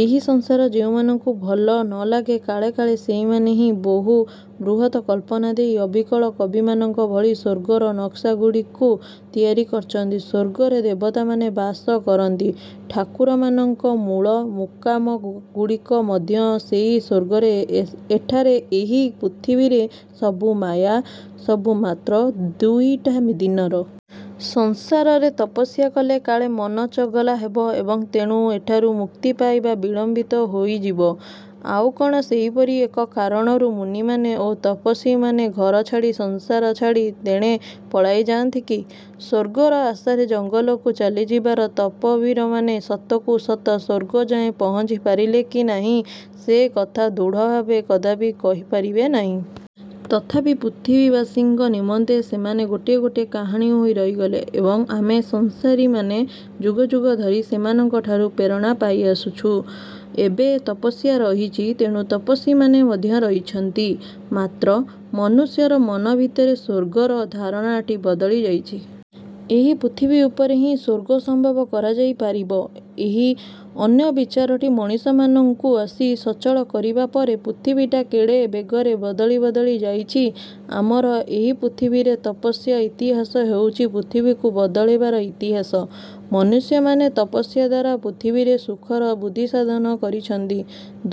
ଏହି ସଂସାର ଯେଉଁମାନଙ୍କୁ ଭଲ ନଲାଗେ କାଳେ କାଳେ ସେହିମାନେ ହିଁ ବହୁ ବୃହତ୍ କଳ୍ପନା ଦେଇ ଅବିକଳ କବିମାନଙ୍କ ଭଳି ସ୍ୱର୍ଗର ନକ୍ସାଗୁଡ଼ିକୁ ତିଆରି କରିଛନ୍ତି। ସ୍ୱର୍ଗରେ ଦେବତାମାନେ ବାସ କରନ୍ତି। ଠାକୁରମାନଙ୍କର ମୂଳ ମୁକାମଗୁଡ଼ିକ ମଧ୍ୟ ସେଇ ସ୍ଵର୍ଗରେ। ଏଠାରେ ଏହି ପୃଥିବୀରେ ସବୁ ମାୟା, ସବୁ ମାତ୍ର ଦୁଇଟା ଦିନର। ସଂସାରରେ ତପସ୍ୟା କଲେ କାଳେ ମନ ଚଗଲା ହେବ ଏବଂ ତେଣୁ ଏଠାରୁ ମୁକ୍ତି ପାଇବା ବିଳମ୍ବିତ ହୋଇଯିବ, ଆଉ କଣ ସେହିପରି ଏକ କାରଣରୁ ମୁନିମାନେ ଓ ତପସ୍ୱୀମାନେ ଘରଛାଡ଼ି ସଂସାର ଛାଡ଼ି ତେଣେ ପଳାଇ ଯାଆନ୍ତି କି? ସ୍ଵର୍ଗର ଆଶାରେ ଜଙ୍ଗଲକୁ ଚାଲି ଯାଇଥିବା ତପଃବୀରମାନେ ସତକୁ ସତ ସ୍ୱର୍ଗ ଯାଏ ପହଞ୍ଚିପାରିଲେ କି ନାହିଁ ସେ କଥା ଦୃଢ଼ ଭାବରେ କଦାପି କହିପାରିବେ ନାହିଁ। ତଥାପି ପୃଥିବୀବାସୀଙ୍କ ନିମନ୍ତେ ସେମାନେ ଗୋଟିଏ ଗୋଟିଏ କାହାଣୀ ହୋଇ ରହିଗଲେ। ଏବଂ ଆମେ ସଂସାରୀମାନେ ଯୁଗ ଯୁଗ ଧରି ସେମାନଙ୍କଠାରୁ ପ୍ରେରଣା ପାଇଆସୁଛୁ। ଏବେ ତପସ୍ୟା ରହିଛି, ତେଣୁ ତପସ୍ୱୀମାନେ ମଧ୍ୟ ରହିଛନ୍ତି। ମାତ୍ର ମନୁଷ୍ୟର ମନ ଭିତରେ ସ୍ଵର୍ଗର ଧାରଣାଟି ବଦଳି ଯାଇଛି। ଏହି ପୃଥିବୀ ଉପରେ ହିଁ ସ୍ଵର୍ଗ ସମ୍ଭବ କରାଯାଇପାରିବ। ଏହି ଅନ୍ୟ ବିଚାରଟି ମଣିଷମାନଙ୍କୁ ଆସି ସଚଳ କରିବା ପରେ ପୃଥିବୀଟା କେଡ଼େ ବେଗରେ ବଦଳି ବଦଳି ଯାଇଛି। ଆମର ଏହି ପୃଥିବୀରେ ତପସ୍ୟାର ଇତିହାସ ହେଉଛି ପୃଥିବୀକୁ ବଦଳାଇବାର ଇତିହାସ। ମନୁଷ୍ୟମାନେ ତପସ୍ୟା ଦ୍ୱାରା ପୃଥିବୀରେ ସୁଖର ବୃଦ୍ଧିସାଧନ କରିଛନ୍ତି,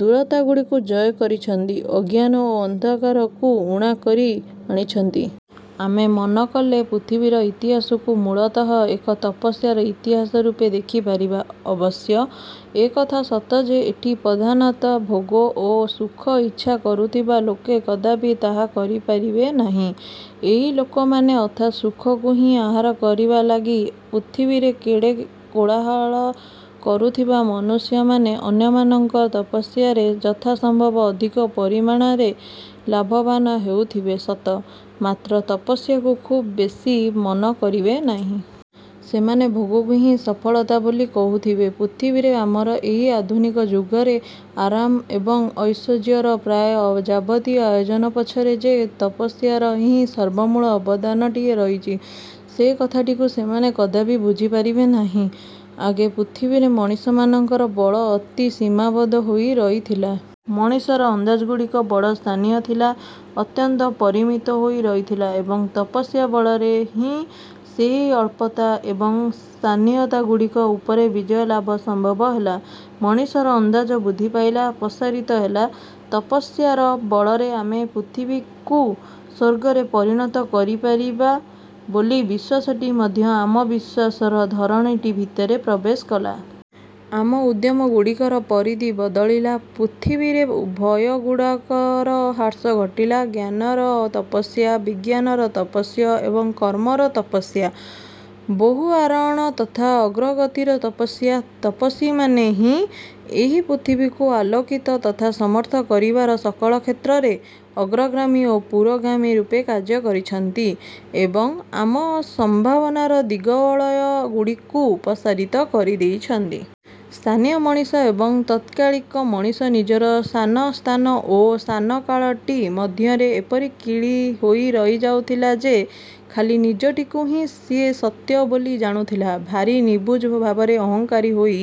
ଦୂରତାଗୁଡ଼ିକୁ ଜୟ କରିଛନ୍ତି, ଅଜ୍ଞାନ ଓ ଅନ୍ଧାରଗୁଡ଼ିକୁ ଉଣା କରି ଆଣିଛନ୍ତି। ଆମେ ମନ କଲେ ପୃଥିବୀର ଇତିହାସକୁ ମୂଳତଃ ଏକ ତପସ୍ୟାର ଇତିହାସ ରୂପେ ଦେଖିପାରିବା। ଅବଶ୍ୟ ଏକଥା ସତ ଯେ ଏଠି ପ୍ରଧାନତଃ ଭୋଗ ଓ ସୁଖ ଇଚ୍ଛା କରୁଥିବା ଲୋକେ କଦାପି ତାହା କରିପାରିବେ ନାହିଁ। ଏହି ଲୋକମାନେ ଅର୍ଥାତ୍ ସୁଖକୁ ହିଁ ଆହାର କରିବା ଲାଗି ପୃଥିବୀରେ କେଡ଼େ କୋଳାହଳ କରୁଥିବା ମନୁଷ୍ୟମାନେ ଅନ୍ୟମାନଙ୍କର ତପସ୍ୟାରେ ଯଥାସମ୍ଭବ ଅଧିକ ପରିମାଣରେ ଲାଭବାନ ହେଉଥିବେ ସତ, ମାତ୍ର ତପସ୍ୟାକୁ ଖୁବ୍ ବେଶୀ ମନ କରିବେ ନାହିଁ। ସେମାନେ ଭୋଗକୁ ହିଁ ସଫଳତା ବୋଲି କହୁଥିବେ। ପୃଥିବୀରେ ଆମର ଏହି ଆଧୁନିକ ଯୁଗରେ ଆରାମ ଏବଂ ଐଶ୍ୱର୍ଯ୍ୟର ପ୍ରାୟ ଯାବତୀୟ ଆୟୋଜନ ପଛରେ ଯେ ତପସ୍ୟାର ହିଁ ସର୍ବମୂଳ ଅବଦାନଟିଏ ରହିଛି, ସେ କଥାଟିକୁ ସେମାନେ କଦାପି ବୁଝିପାରିବେ ନାହିଁ। ଆଗେ ପୃଥିବୀରେ ମଣିଷମାନଙ୍କର ବଳ ଅତି ସୀମାବଦ୍ଧ ହୋଇ ରହିଥିଲା। ମଣିଷର ଅନ୍ଦାଜଗୁଡ଼ିକ ବଡ଼ ସ୍ଥାନୀୟ ଥିଲା, ଅତ୍ୟନ୍ତ ପରିମିତ ହୋଇ ରହିଥିଲା। ଏବଂ ତପସ୍ୟା ବଳରେ ହିଁ ସେହି ଅଳ୍ପତା ଏବଂ ସ୍ଥାନୀୟତାଗୁଡ଼ିକ ଉପରେ ବିଜୟଲାଭ ସମ୍ଭବ ହେଲା, ମଣିଷର ଅନ୍ଦାଜ ବୃଦ୍ଧି ପାଇଲା, ପ୍ରସାରିତ ହେଲା। ତପସ୍ୟାର ବଳରେ ଆମେ ପୃଥିବୀକୁ ସ୍ୱର୍ଗରେ ପରିଣତ କରିପାରିବା ବୋଲି ବିଶ୍ୱାସଟି ମଧ୍ୟ ଆମ ବିଶ୍ୱାସର ଧରଣୀଟି ଭିତରେ ପ୍ରବେଶ କଲା। ଆମ ଉଦ୍ୟମଗୁଡ଼ିକର ପରିଧି ବଦଳିଲା, ପୃଥିବୀରେ ଭୟଗୁଡ଼ାକର ହ୍ରାସ ଘଟିଲା। ଜ୍ଞାନର ତପସ୍ୟା, ବିଜ୍ଞାନର ତପସ୍ୟ ଏବଂ କର୍ମର ତପସ୍ୟା, ବହୁ ଆରୋହଣ ତଥା ଅଗ୍ରଗତିର ତପସ୍ୟା। ତପସ୍ୱୀମାନେ ହିଁ ଏହି ପୃଥିବୀକୁ ଆଲୋକିତ ତଥା ସମର୍ଥ କରିବାର ସକଳ କ୍ଷେତ୍ରରେ ଅଗ୍ରଗାମୀ ଓ ପୁରୋଗାମୀ ରୂପେ କାର୍ଯ୍ୟ କରିଛନ୍ତି ଏବଂ ଆମ ସମ୍ଭାବନାର ଦିଗ୍ବଳୟଗୁଡ଼ିକୁ ପ୍ରସାରିତ କରି ଦେଇଛନ୍ତି। ସ୍ଥାନୀୟ ମଣିଷ ଏବଂ ତାତ୍କାଳିକ ମଣିଷ ନିଜର ସାନ ସ୍ଥାନ ଓ ସାନ କାଳଟି ମଧ୍ୟରେ ଏପରି କିଳି ହୋଇ ରହି ଯାଉଥିଲା ଯେ ଖାଲି ନିଜଟିକୁ ହିଁ ସିଏ ସତ୍ୟ ବୋଲି ଜାଣୁଥିଲା ଭାରି ନିବୁଜ ଭାବରେ ଅହଂକାରୀ ହୋଇ